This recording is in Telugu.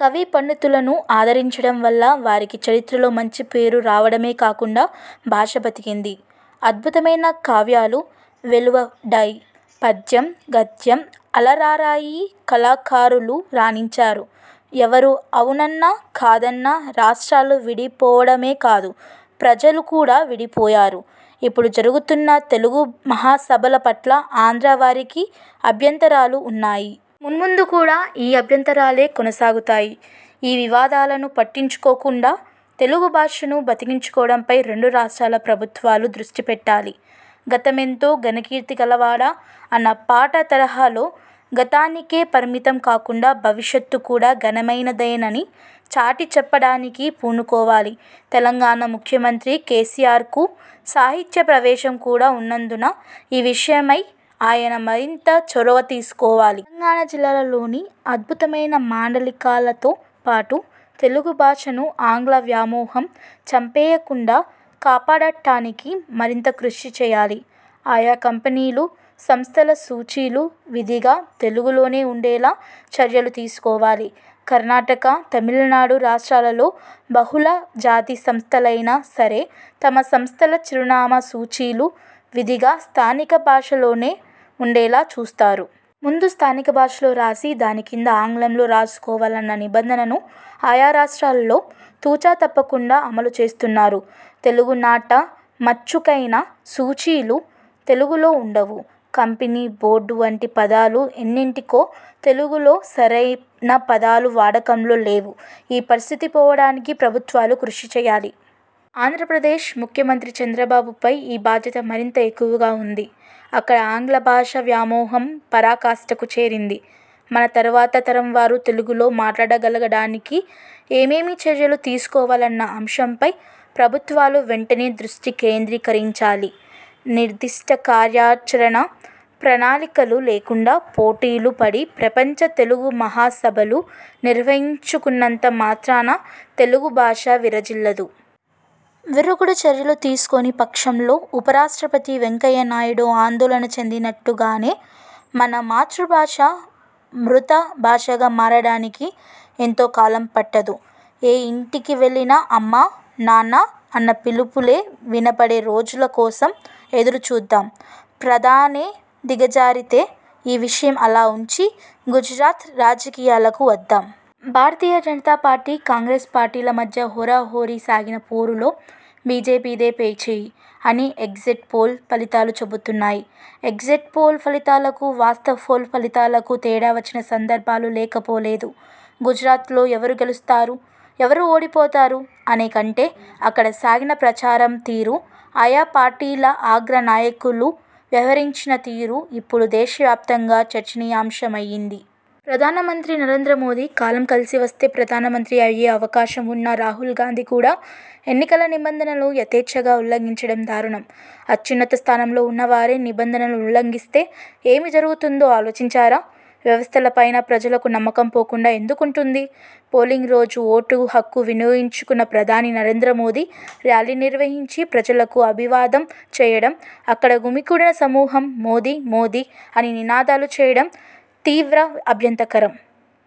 కవి పండితులను ఆదరించడం వల్ల వారికి చరిత్రలో మంచి పేరు రావడమే కాకుండా భాష బతికింది. అద్భుతమైన కావ్యాలు వెలువడ్డాయి. పద్యం– గద్యం అలరారాయి. కళాకారులు రాణించారు. ఎవరు అవునన్నా కాదన్నా రాష్ర్టాలు విడిపోవడమే కాదు ప్రజలు కూడా విడిపోయారు. ఇప్పుడు జరుగుతున్న తెలుగు మహాసభల పట్ల ఆంధ్రవారికి అభ్యంతరాలు ఉన్నాయి. మున్ముందు కూడా ఈ అభ్యంతరాలే కొనసాగుతాయి. ఈ వివాదాలను పట్టించుకోకుండా తెలుగు భాషను బతికించుకోవడంపై రెండు రాష్ట్ర ప్రభుత్వాలు దృష్టి పెట్టాలి. 'గతమెంతో ఘనకీర్తి కలవాడ' అన్న పాట తరహాలో గతానికే పరిమితం కాకుండా భవిష్యత్తు కూడా ఘనమైనదేనని చాటిచెప్పడానికి పూనుకోవాలి. తెలంగాణ ముఖ్యమంత్రి కేసీఆర్కు సాహిత్య ప్రవేశం కూడా ఉన్నందున ఈ విషయమై ఆయన మరింత చొరవ తీసుకోవాలి. తెలంగాణ జిల్లాలలోని అద్భుతమైన మాండలికాలతో పాటు తెలుగు భాషను ఆంగ్ల వ్యామోహం చంపేయకుండా కాపాడటానికి మరింత కృషి చేయాలి. ఆయా కంపెనీలు, సంస్థల సూచీలు విధిగా తెలుగులోనే ఉండేలా చర్యలు తీసుకోవాలి. కర్ణాటక, తమిళనాడు రాష్ర్టాలలో బహుళ జాతి సంస్థలైనా సరే తమ సంస్థల చిరునామా సూచీలు విధిగా స్థానిక భాషలోనే ఉండేలా చూస్తారు. ముందు స్థానిక భాషలో రాసి దాని కింద ఆంగ్లంలో రాసుకోవాలన్న నిబంధనను ఆయా రాష్ర్టాలలో తు. చ. తప్పకుండా అమలు చేస్తున్నారు. తెలుగునాట మచ్చుకైనా సూచీలు తెలుగులో ఉండవు. కంపెనీ, బోర్డు వంటి పదాలు ఎన్నింటికో తెలుగులో సరైన పదాలు వాడకంలో లేవు. ఈ పరిస్థితి పోవడానికి ప్రభుత్వాలు కృషి చేయాలి. ఆంధ్రప్రదేశ్ ముఖ్యమంత్రి చంద్రబాబుపై ఈ బాధ్యత మరింత ఎక్కువగా ఉంది. అక్కడ ఆంగ్ల భాషా వ్యామోహం పరాకాష్టకు చేరింది. మన తర్వాత తరంవారు తెలుగులో మాట్లాడగలగడానికి ఏమేమి చర్యలు తీసుకోవాలన్న అంశంపై ప్రభుత్వాలు వెంటనే దృష్టి కేంద్రీకరించాలి. నిర్దిష్ట కార్యాచరణ ప్రణాళికలు లేకుండా పోటీలు పడి ప్రపంచ తెలుగు మహాసభలు నిర్వహించుకున్నంత మాత్రాన తెలుగు భాష విరాజిల్లదు. విరుగుడు చర్యలు తీసుకోని పక్షంలో ఉపరాష్ట్రపతి వెంకయ్యనాయుడు ఆందోళన చెందినట్టుగానే మన మాతృ భాష మృత భాషగా మారడానికి ఎంతో కాలం పట్టదు. ఏ ఇంటికి వెళ్లినా అమ్మా నాన్న అన్న పిలుపులే వినపడే రోజుల కోసం ఎదురుచూద్దాం. ప్రధానే దిగజారితే ఈ విషయం అలా ఉంచి, గుజరాత్ రాజకీయాలకు వద్దాం. భారతీయ జనతా పార్టీ– కాంగ్రెస్ పార్టీల మధ్య హోరాహోరీ సాగిన పోరులో బీజేపీదే పైచేయి అని ఎగ్జిట్ పోల్ ఫలితాలు చెబుతున్నాయి. ఎగ్జిట్ పోల్ ఫలితాలకు, వాస్తవ పోల్ ఫలితాలకు తేడా వచ్చిన సందర్భాలు లేకపోలేదు. గుజరాత్లో ఎవరు గెలుస్తారు– ఎవరు ఓడిపోతారు అనే కంటే అక్కడ సాగిన ప్రచారం తీరు, ఆయా పార్టీల అగ్ర నాయకులు వ్యవహరించిన తీరు ఇప్పుడు దేశవ్యాప్తంగా చర్చనీయాంశమయ్యింది. ప్రధానమంత్రి నరేంద్ర మోదీ– కాలం కలిసి వస్తే ప్రధానమంత్రి అయ్యే అవకాశం ఉన్న రాహుల్ గాంధీ కూడా ఎన్నికల నిబంధనలను యథేచ్ఛగా ఉల్లంఘించడం దారుణం. అత్యున్నత స్థానంలో ఉన్నవారే నిబంధనలను ఉల్లంఘిస్తే ఏమి జరుగుతుందో ఆలోచించారా? వ్యవస్థలపై ప్రజలకు నమ్మకం పోకుండా ఎందుకుంటుంది? పోలింగ్ రోజు ఓటు హక్కు వినియోగించుకున్న ప్రధాని నరేంద్ర మోదీ ర్యాలీ నిర్వహించి ప్రజలకు అభివాదం చేయడం, అక్కడ గుమిగూడిన సమూహం 'మోదీ మోదీ' అని నినాదాలు చేయడం తీవ్ర అభ్యంతరకరం!